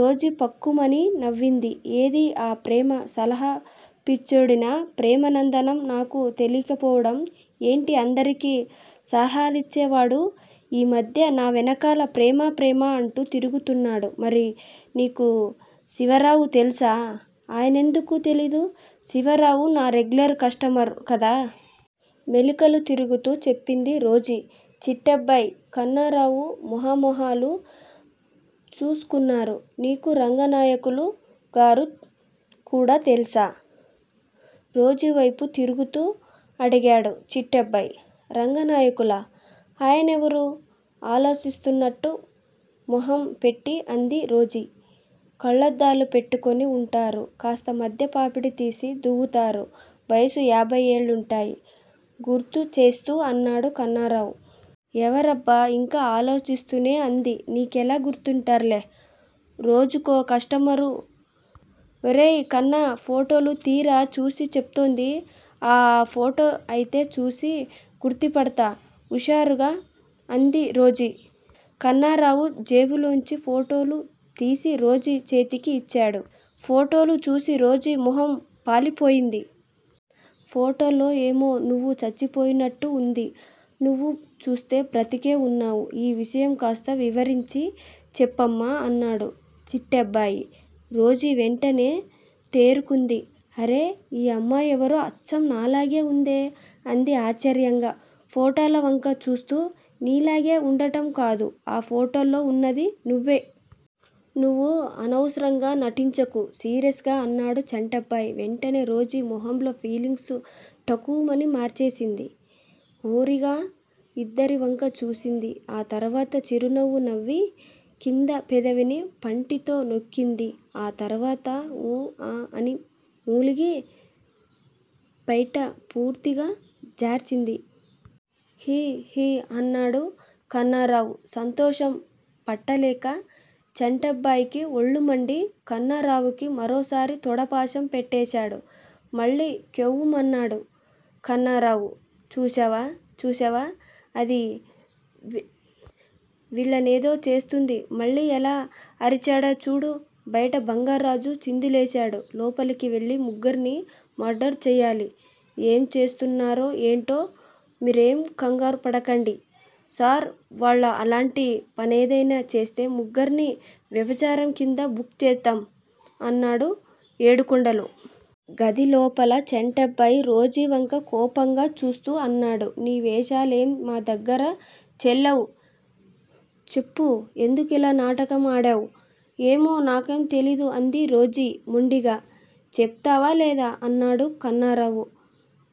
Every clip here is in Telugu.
రోజీ ఫక్కుమని నవ్వింది. ఏది ఆ ప్రేమ సలహా పిచ్చోడేనా? ప్రేమనంధం నాకు తెలీకపోవడం ఏంటి అందరికి సలహాలిచ్చేవాడు ఈ మధ్య నా వెనకాల ప్రేమ ప్రేమ అంటూ తిరుగుతున్నాడు మరి నీకు శివరావు తెల్సా? ఆయనెందుకు తెలీదూ? శివరావు నా రెగ్యులర్ కష్టమర్ కదా? మెలికలు తిరుగుతూ చెప్పింది రోజీ. చిట్టబ్బాయ్, కన్నరావు మొహ మొహాలు చూస్కున్నారు. నీకు రంగనాయకులు గారు కూడా తెల్సా? రోజీవ్తెపు తిరుగుతూ అడిగాడు చిట్టబ్బాయ్. రంగానాయకులా? ఆయనేవరూ?? ఆలోచిస్తున్నట్టు మొహం పెట్టి అంది రోజీ. కళ్ళద్దాలు పెట్టుకుని వుంటారూ? కాస్త మధ్య పాపిడి తిసి దువ్వుతారూ? వయసు యబ్తే ఏళ్లుంటాయి గుర్తు చేస్తూ అన్నాడు కన్నారావు. ఎవరబ్బా!? ఇంకా ఆలోచిస్తూనే అంది. నీకెలా గుర్తుంటార్లె రోజుకో కష్టమారు. ఒరేయ్ కన్నా ఫోటోలు తియ్య్రా చూసి చెప్తుంది ఆ ఆ ఫోటో అయితే చూసి గుర్తిపడ్తా హుషారుగా అంది రోజీ. కన్నారావు జేబులోంచి ఫోటోలు తిసి రోజీ చేతికి ఇచ్చాడు. ఫోటోలు చూసి రోజీ మొహం పాలి పోయింది. ఫోటోల్లో ఏమో నువ్వు చచ్చిపోయినట్టు ఉంది. నువ్వు చూస్తే బ్రతికే వున్నావ్ ఈ విషయం కాస్త వివరించి చెప్పమ్మా అన్నాడు చిట్టబ్బాయి. రోజీ వెంటనే తేరుకుంది. అరె! ఈ అమ్మాయెవరో అచ్చం నాలాగే ఉందే అంది ఆశ్చర్యంగా ఫోటోల వంక చూస్తూ. నీలాగే ఉండడం కాదు ఆ ఫోటోల్లో ఉన్నది నువ్వే. నువ్వు అనవసరంగా నటించకు సీరియస్ గా అన్నాడు చంటబ్బాయి. వెంటనే రోజీ మొహంలో ఫీలింగ్స్ ఠకుమని మార్చేసింది. ఓరగా ఇద్దరి వంకా చూసింది. తరువాత చిరునవ్వు నవ్వి కింద పెదవిని పంటితో నొక్కింది. ఆ తర్వాత ఊ ఆ అని మూలిగి ప్తెట పూర్తిగా జార్చింది. హి హి అన్నాడు కన్నారావు సంతోషం పట్టలేక. చంటబ్బాయికి ఒళ్ళుమండి కన్నారావుకి మరోసారి తొడపాశం పెట్టేశాడు. మళ్ళి కెవ్వుమన్నాడు కన్నారావు. చూశావా చూశావా? అది వీళ్ళనేదో చేసేస్తుంది. మళ్ళి ఎలా అరిచాడో చూడు!! బయట బంగార్రాజు చిందులేశాడు. లోపలికి వెళ్ళి ముగ్గుర్ని మర్డరు చెయ్యాలి! ఏం చేస్తున్నారో ఏంటో మీరేం కంగారు పడకండి సార్ వాళ్ళు అలాంటి పనేద్తేనా చేస్తే ముగ్గుర్ని వ్యభిచారం కింద బుక్ చేద్దాం అన్నాడు ఏడుకొండలు. గది లోపల చంటబ్బాయి రోజీవంక కోపంగా చూస్తూ అన్నాడు. ని వేశాలేం మా దగ్గర చెల్లవ్ చెప్పు ఎందుకలా నాటకం ఆడావ్? ఏమో నాకేం తెలిదు అంది రోజీ మొండిగా. చెప్తావా లేదా? అన్నాడు కన్నారావు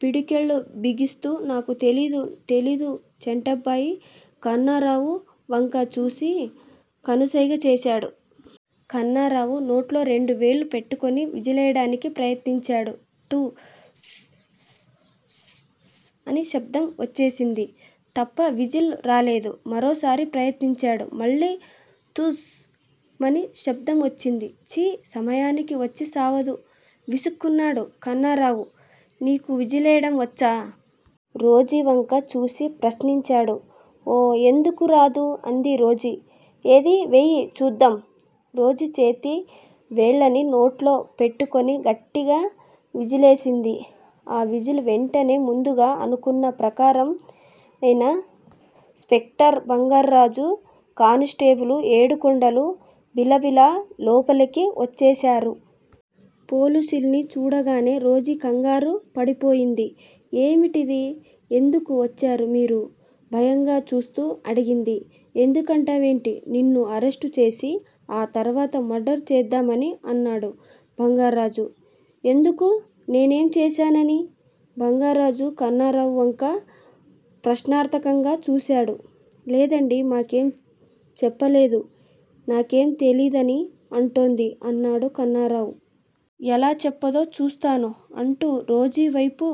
పిడికిళ్ళు బిగిస్తూ నాకు తెలిదు తెలిదు చంటబ్బాయి కన్నారావు వంక చూసి కనుస్తెగా చేశాడు. కన్నారావు నోట్లో రెండు వెళ్లు పెట్టుకుని విజిలేయ్యడానికి ప్రయత్నించాడు తు స్ స్ స్ స్ అని శబ్దం వచ్చ్సింది తప్ప విజిల్ రాలేదు. మరోసారి ప్రయత్నించాడు మళ్ళి 'తుస్' మని శబ్దం వచ్చింది. ఛి సమయానికి వచ్చి చావదు విసుక్కున్నాడు కన్నారావు. నీకు విజిలేయ్యడం వచ్చా? రోజీ వంక చూసి ప్రశ్నించాడు. ఓ ఎందుకు రాదూ? అంది రోజీ. ఏది వెయ్యి చూద్దాం! రోజీ చేతి వేళ్ళని నోట్లో పెట్టుకుని గట్టిగా విజిలేసింది. ఆ విజిల్ వింటూనే ముందుగా అనుకున్న ప్రకారం ఇన స్పెక్టర్ బంగార్రాజూ, కానిస్టేబులు ఏడు కొండలూ బిలబిలా లోపలికి వచ్చేశారు. పోలిసుల్ని చూడగానే రోజీ కంగారు పడిపోయింది. ఏమిటిది? ఎందుకు వచ్చారు మీరు? భయంగా చూస్తూ అడిగింది. ఎందుకంటావెంటి? నిన్ను అరెస్టు చేసి ఆ తర్వాత మర్డరు చేద్దామని అన్నాడు బంగార్రాజు. ఎందుకూ? నేనేం చేశానని?! బంగార్రాజు కన్నారావు వంక ప్రశ్నార్ధకంగా చూశాడు. లేదండి మాకేం చెప్పలేదు నాకేం తెలీదని అంటోంది అన్నాడు కన్నారావు. ఎలా చెప్పదో చూస్తాను అంటూ రోజీ వ్తెపు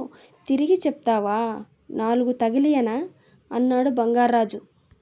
తిరిగి చెప్తావా? నాలుగు తగలియనా? అన్నాడు బంగార్ర్రాజు.